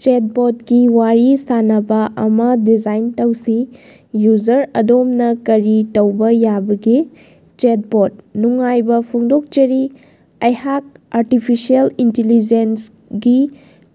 ꯆꯦꯠꯕꯣꯠꯀꯤ ꯋꯥꯔꯤ ꯁꯥꯅꯕꯥ ꯑꯃꯥ ꯗꯤꯖꯥꯏꯟ ꯇꯧꯁꯤ꯫ ꯌꯨꯖꯔ: ꯑꯗꯣꯝꯅꯥ ꯀꯔꯤ ꯇꯧꯕꯥ ꯌꯥꯕꯒꯦ? ꯆꯦꯠꯕꯣꯠ: ꯅꯨꯡꯉꯥꯏꯕꯥ ꯐꯣꯡꯗꯣꯛꯆꯔꯤ, ꯑꯩꯍꯥꯛ ꯑꯔꯇꯤꯐꯤꯁꯦꯜ ꯏꯟꯇꯤꯂꯤꯖꯦꯟꯁꯒꯤ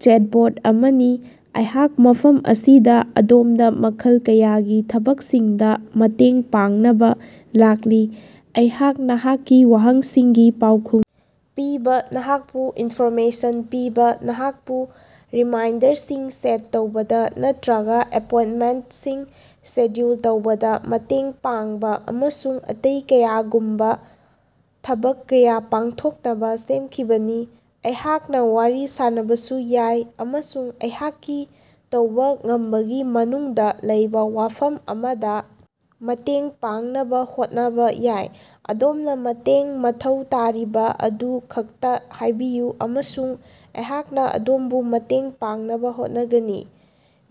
ꯆꯦꯠꯕꯣꯠ ꯑꯃꯅꯤ, ꯑꯩꯍꯥꯛ ꯃꯐꯝ ꯑꯁꯤꯗꯥ ꯑꯗꯣꯝꯗꯥ ꯃꯈꯜ ꯀꯌꯥꯒꯤ ꯊꯕꯛꯁꯤꯡꯗꯥ ꯃꯇꯦꯡ ꯄꯥꯡꯅꯕꯥ ꯂꯥꯛꯂꯤ꯫ ꯑꯩꯍꯥꯛ ꯅꯍꯥꯛꯀꯤ ꯋꯥꯍꯪꯁꯤꯡꯒꯤ ꯄꯥꯎꯈꯨꯝ ꯄꯤꯕꯥ, ꯅꯍꯥꯛꯄꯨ ꯏꯟꯐꯣꯔꯃꯦꯁꯟ ꯄꯤꯕꯥ, ꯅꯍꯥꯛꯄꯨ ꯔꯤꯃꯥꯏꯟꯗꯔꯁꯤꯡ ꯁꯦꯠ ꯇꯧꯕꯗꯥ ꯅꯠꯇ꯭ꯔꯒꯥ ꯑꯦꯄꯣꯏꯟꯇꯃꯦꯟꯇꯁꯤꯡ ꯁꯦꯗ꯭ꯌꯨꯜ ꯇꯧꯕꯗꯥ ꯃꯇꯦꯡ ꯄꯥꯡꯕꯥ ꯑꯃꯁꯨꯡ ꯑꯇꯩ ꯀꯌꯥꯒꯨꯝꯕꯥ ꯊꯕꯛ ꯀꯌꯥ ꯄꯥꯡꯊꯣꯛꯅꯕꯥ ꯁꯦꯝꯈꯤꯕꯅꯤ꯫ ꯑꯩꯍꯥꯛꯅꯥ ꯋꯥꯔꯤ ꯁꯥꯅꯕꯁꯨ ꯌꯥꯏ ꯑꯃꯁꯨꯡ ꯑꯩꯍꯥꯛꯀꯤ ꯇꯧꯕꯥ ꯉꯝꯕꯒꯤ ꯃꯅꯨꯡꯗꯥ ꯂꯩꯕꯥ ꯋꯥꯐꯝ ꯑꯃꯗꯥ ꯃꯇꯦꯡ ꯄꯥꯡꯅꯕꯥ ꯍꯣꯠꯅꯕꯥ ꯌꯥꯏ꯫ ꯑꯗꯣꯝꯅꯥ ꯃꯇꯦꯡ ꯃꯊꯧ ꯇꯥꯔꯤꯕꯥ ꯑꯗꯨ ꯈꯛꯇꯥ ꯍꯥꯏꯕꯤꯌꯨ ꯑꯃꯁꯨꯡ ꯑꯩꯍꯥꯛꯅꯥ ꯑꯗꯣꯝꯕꯨ ꯃꯇꯦꯡ ꯄꯥꯡꯅꯕꯥ ꯍꯣꯠꯅꯒꯅꯤ꯫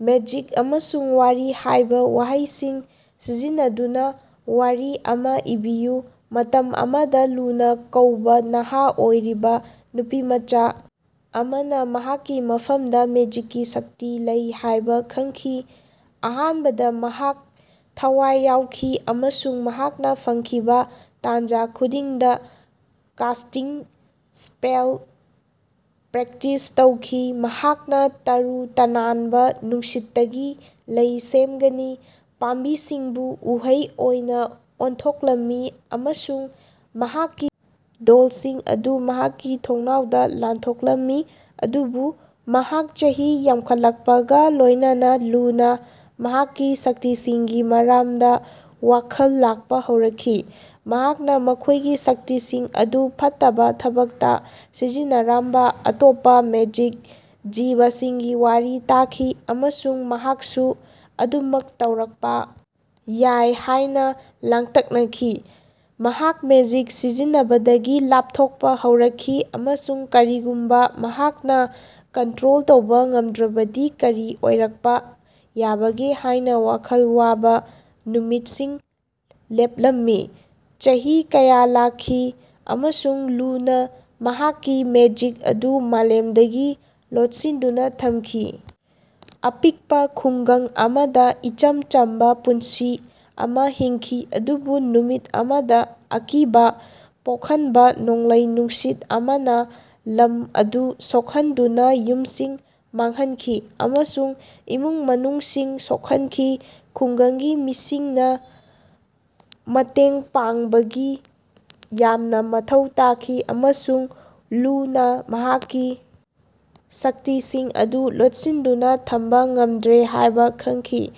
ꯃꯦꯖꯤꯛ ꯑꯃꯁꯨꯡ ꯋꯥꯔꯤ ꯍꯥꯏꯕꯥ ꯋꯥꯍꯩꯁꯤꯡ ꯁꯤꯖꯤꯟꯅꯗꯨꯅꯥ ꯋꯥꯔꯤ ꯑꯃꯥ ꯏꯕꯤꯌꯨ꯫ ꯃꯇꯝ ꯑꯃꯗꯥ ꯂꯨꯅꯥ ꯀꯧꯕꯥ ꯅꯍꯥ ꯑꯣꯏꯔꯤꯕꯥ ꯅꯨꯄꯤꯃꯆꯥ ꯑꯃꯅꯥ ꯃꯍꯥꯛꯀꯤ ꯃꯐꯝꯗꯥ ꯃꯦꯖꯤꯛꯀꯤ ꯁꯛꯇꯤ ꯂꯩ ꯍꯥꯏꯕꯥ ꯈꯪꯈꯤ꯫ ꯑꯍꯥꯟꯕꯗꯥ ꯃꯍꯥꯛ ꯊꯋꯥꯏ ꯌꯥꯎꯈꯤ ꯑꯃꯁꯨꯡ ꯃꯍꯥꯛꯅꯥ ꯐꯪꯈꯤꯕꯥ ꯇꯥꯟꯖꯥ ꯈꯨꯗꯤꯡꯗꯥ ꯀꯥꯁꯇꯤꯡ ꯁ꯭ꯄꯦꯜ ꯄ꯭ꯔꯦꯛꯇꯤꯁ ꯇꯧꯈꯤ꯫ ꯃꯍꯥꯛꯅꯥ ꯇꯔꯨ ꯇꯅꯥꯟꯕꯥ ꯅꯨꯡꯁꯤꯠꯇꯒꯤ ꯂꯩ ꯁꯦꯝꯒꯅꯤ, ꯄꯥꯝꯕꯤꯁꯤꯡꯕꯨ ꯎꯍꯩ ꯑꯣꯏꯅꯥ ꯑꯣꯟꯊꯣꯛꯂꯝꯃꯤ ꯑꯃꯁꯨꯡ ꯃꯍꯥꯛꯀꯤ ꯗꯣꯜꯁꯤꯡ ꯑꯗꯨ ꯃꯍꯥꯛꯀꯤ ꯊꯣꯡꯅꯥꯎꯗꯥ ꯂꯥꯟꯊꯣꯛꯂꯝꯃꯤ꯫ ꯑꯗꯨꯕꯨ ꯃꯍꯥꯛ ꯆꯍꯤ ꯌꯥꯝꯈꯠꯂꯛꯄꯒꯥ ꯂꯣꯏꯅꯅꯥ ꯂꯨꯅꯥ ꯃꯍꯥꯛꯀꯤ ꯁꯛꯇꯤꯁꯤꯡꯒꯤ ꯃꯔꯝꯗꯥ ꯋꯥꯈꯜ ꯂꯥꯛꯄꯥ ꯍꯧꯔꯛꯈꯤ꯫ ꯃꯍꯥꯛꯅꯥ ꯃꯈꯣꯏꯒꯤ ꯁꯛꯇꯤꯁꯤꯡ ꯑꯗꯨ ꯐꯠꯇꯕꯥ ꯊꯕꯛꯇꯥ ꯁꯤꯖꯤꯟꯅꯔꯝꯕꯥ ꯑꯇꯣꯞꯄꯥ ꯃꯦꯖꯤꯛ ꯖꯤꯕꯁꯤꯡꯒꯤ ꯋꯥꯔꯤ ꯇꯥꯈꯤ ꯑꯃꯁꯨꯡ ꯃꯍꯥꯛꯁꯨ ꯑꯗꯨꯃꯛ ꯇꯧꯔꯛꯄꯥ ꯌꯥꯏ ꯍꯥꯏꯅꯥ ꯂꯥꯡꯇꯛꯅꯈꯤ꯫ ꯃꯍꯥꯛ ꯃꯦꯖꯤꯛ ꯁꯤꯖꯤꯟꯅꯕꯗꯒꯤ ꯂꯥꯞꯊꯣꯛꯄꯥ ꯍꯧꯔꯛꯈꯤ ꯑꯃꯁꯨꯡ ꯀꯔꯤꯒꯨꯝꯕꯥ ꯃꯍꯥꯛꯅꯥ ꯀꯟꯇ꯭ꯔꯣꯜ ꯇꯧꯕꯥ ꯉꯝꯗ꯭ꯔꯕꯗꯤ ꯀꯔꯤ ꯑꯣꯏꯔꯛꯄꯥ ꯌꯥꯕꯒꯦ ꯍꯥꯏꯅꯥ ꯋꯥꯈꯜ ꯋꯥꯕꯥ ꯅꯨꯃꯤꯠꯁꯤꯡ ꯂꯦꯞꯂꯝꯃꯤ꯫ ꯆꯍꯤ ꯀꯌꯥ ꯂꯥꯛꯈꯤ ꯑꯃꯁꯨꯡ ꯂꯨꯅꯥ ꯃꯍꯥꯛꯀꯤ ꯃꯦꯖꯤꯛ ꯑꯗꯨ ꯃꯥꯂꯦꯝꯗꯒꯤ ꯂꯣꯠꯁꯤꯟꯗꯨꯅꯥ ꯊꯝꯈꯤ, ꯑꯄꯤꯛꯄꯥ ꯈꯨꯡꯒꯪ ꯑꯃꯗꯥ ꯏꯆꯝ ꯆꯝꯕꯥ ꯄꯨꯟꯁꯤ ꯑꯃꯥ ꯍꯤꯡꯈꯤ꯫ ꯑꯗꯨꯕꯨ ꯅꯨꯃꯤꯠ ꯑꯃꯗꯥ ꯑꯀꯤꯕꯥ ꯄꯣꯛꯍꯟꯕꯥ ꯅꯣꯡꯂꯩ-ꯅꯨꯡꯁꯤꯠ ꯑꯃꯅꯥ ꯂꯝ ꯑꯗꯨ ꯁꯣꯛꯍꯟꯗꯨꯅꯥ ꯌꯨꯝꯁꯤꯡ ꯃꯥꯡꯍꯟꯈꯤ ꯑꯃꯁꯨꯡ ꯏꯃꯨꯡ-ꯃꯅꯨꯡꯁꯤꯡ ꯁꯣꯛꯍꯟꯈꯤ꯫ ꯈꯨꯡꯒꯪꯒꯤ ꯃꯤꯁꯤꯡꯅꯥ ꯃꯇꯦꯡ ꯄꯥꯡꯕꯒꯤ ꯌꯥꯝꯅꯥ ꯃꯊꯧ ꯇꯥꯈꯤ ꯑꯃꯁꯨꯡ ꯂꯨꯅꯥ ꯃꯍꯥꯛꯀꯤ ꯁꯛꯇꯤꯁꯤꯡ ꯑꯗꯨ ꯂꯣꯠꯁꯤꯟꯗꯨꯅꯥ ꯊꯝꯕꯥ ꯉꯝꯗ꯭ꯔꯦ ꯍꯥꯏꯕꯥ ꯈꯪꯈꯤ꯫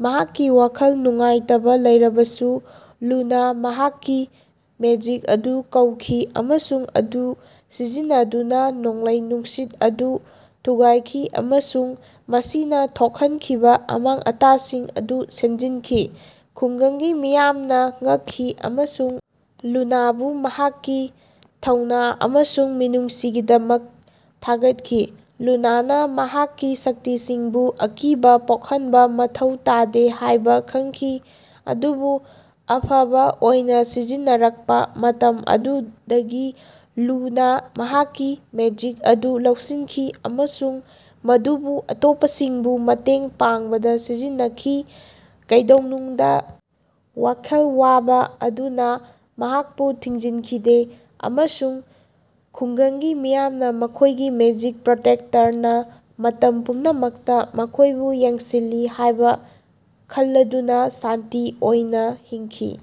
ꯃꯍꯥꯛꯀꯤ ꯋꯥꯈꯜ ꯅꯨꯡꯉꯥꯏꯇꯕꯥ ꯂꯩꯔꯕꯁꯨ ꯂꯨꯅꯥ ꯃꯍꯥꯛꯀꯤ ꯃꯦꯖꯤꯛ ꯑꯗꯨ ꯀꯧꯈꯤ ꯑꯃꯁꯨꯡ ꯃꯗꯨ ꯁꯤꯖꯤꯟꯅꯗꯨꯅꯥ ꯅꯣꯡꯂꯩ ꯅꯨꯡꯁꯤꯠ ꯑꯗꯨ ꯊꯨꯒꯥꯏꯈꯤ ꯑꯃꯁꯨꯡ ꯃꯁꯤꯅꯥ ꯊꯣꯛꯍꯟꯈꯤꯕꯥ ꯑꯃꯥꯡ-ꯑꯇꯥꯁꯤꯡ ꯑꯗꯨ ꯁꯦꯝꯖꯤꯟꯈꯤ꯫ ꯈꯨꯡꯒꯪꯒꯤ ꯃꯤꯌꯥꯝꯅꯥ ꯉꯛꯈꯤ ꯑꯃꯁꯨꯡ ꯂꯨꯅꯥꯕꯨ ꯃꯍꯥꯛꯀꯤ ꯊꯧꯅꯥ ꯑꯃꯁꯨꯡ ꯃꯤꯅꯨꯡꯁꯤꯒꯤꯗꯃꯛ ꯊꯥꯒꯠꯈꯤ꯫ ꯂꯨꯅꯥꯅꯥ ꯃꯍꯥꯛꯀꯤ ꯁꯛꯇꯤꯁꯤꯡꯕꯨ ꯑꯀꯤꯕꯥ ꯄꯣꯛꯍꯟꯕꯥ ꯃꯊꯧ ꯇꯥꯗꯦ ꯍꯥꯏꯕꯥ ꯈꯪꯈꯤ, ꯃꯗꯨꯕꯨ ꯑꯐꯕꯥ ꯑꯣꯏꯅꯥ ꯁꯤꯖꯤꯟꯅꯔꯛꯄꯥ ꯃꯇꯝ ꯑꯗꯨꯗꯒꯤ ꯂꯨꯅꯥ ꯃꯍꯥꯛꯀꯤ ꯃꯦꯖꯤꯛ ꯑꯗꯨ ꯂꯧꯁꯤꯟꯈꯤ ꯑꯃꯁꯨꯡ ꯃꯗꯨꯕꯨ ꯑꯇꯣꯞꯄꯁꯤꯡꯕꯨ ꯃꯇꯦꯡ ꯄꯥꯡꯕꯗꯥ ꯁꯤꯖꯤꯟꯅꯈꯤ, ꯀꯩꯗꯧꯅꯨꯡꯗꯥ ꯋꯥꯈꯜ ꯋꯥꯕꯥ ꯑꯗꯨꯅꯥ ꯃꯍꯥꯛꯄꯨ ꯊꯤꯡꯖꯤꯟꯈꯤꯗꯦ꯫ ꯑꯃꯁꯨꯡ ꯈꯨꯡꯒꯪꯒꯤ ꯃꯤꯌꯥꯝꯅꯥ ꯃꯈꯣꯏꯒꯤ ꯃꯦꯖꯤꯛ ꯄ꯭ꯔꯣꯇꯦꯛꯇꯔꯅꯥ ꯃꯇꯝ ꯄꯨꯝꯅꯃꯛꯇꯥ ꯃꯈꯣꯏꯕꯨ ꯌꯦꯡꯁꯤꯜꯂꯤ ꯍꯥꯏꯕꯥ ꯈꯜꯂꯗꯨꯅꯥ ꯁꯥꯟꯇꯤ ꯑꯣꯏꯅꯥ ꯍꯤꯡꯈꯤ꯫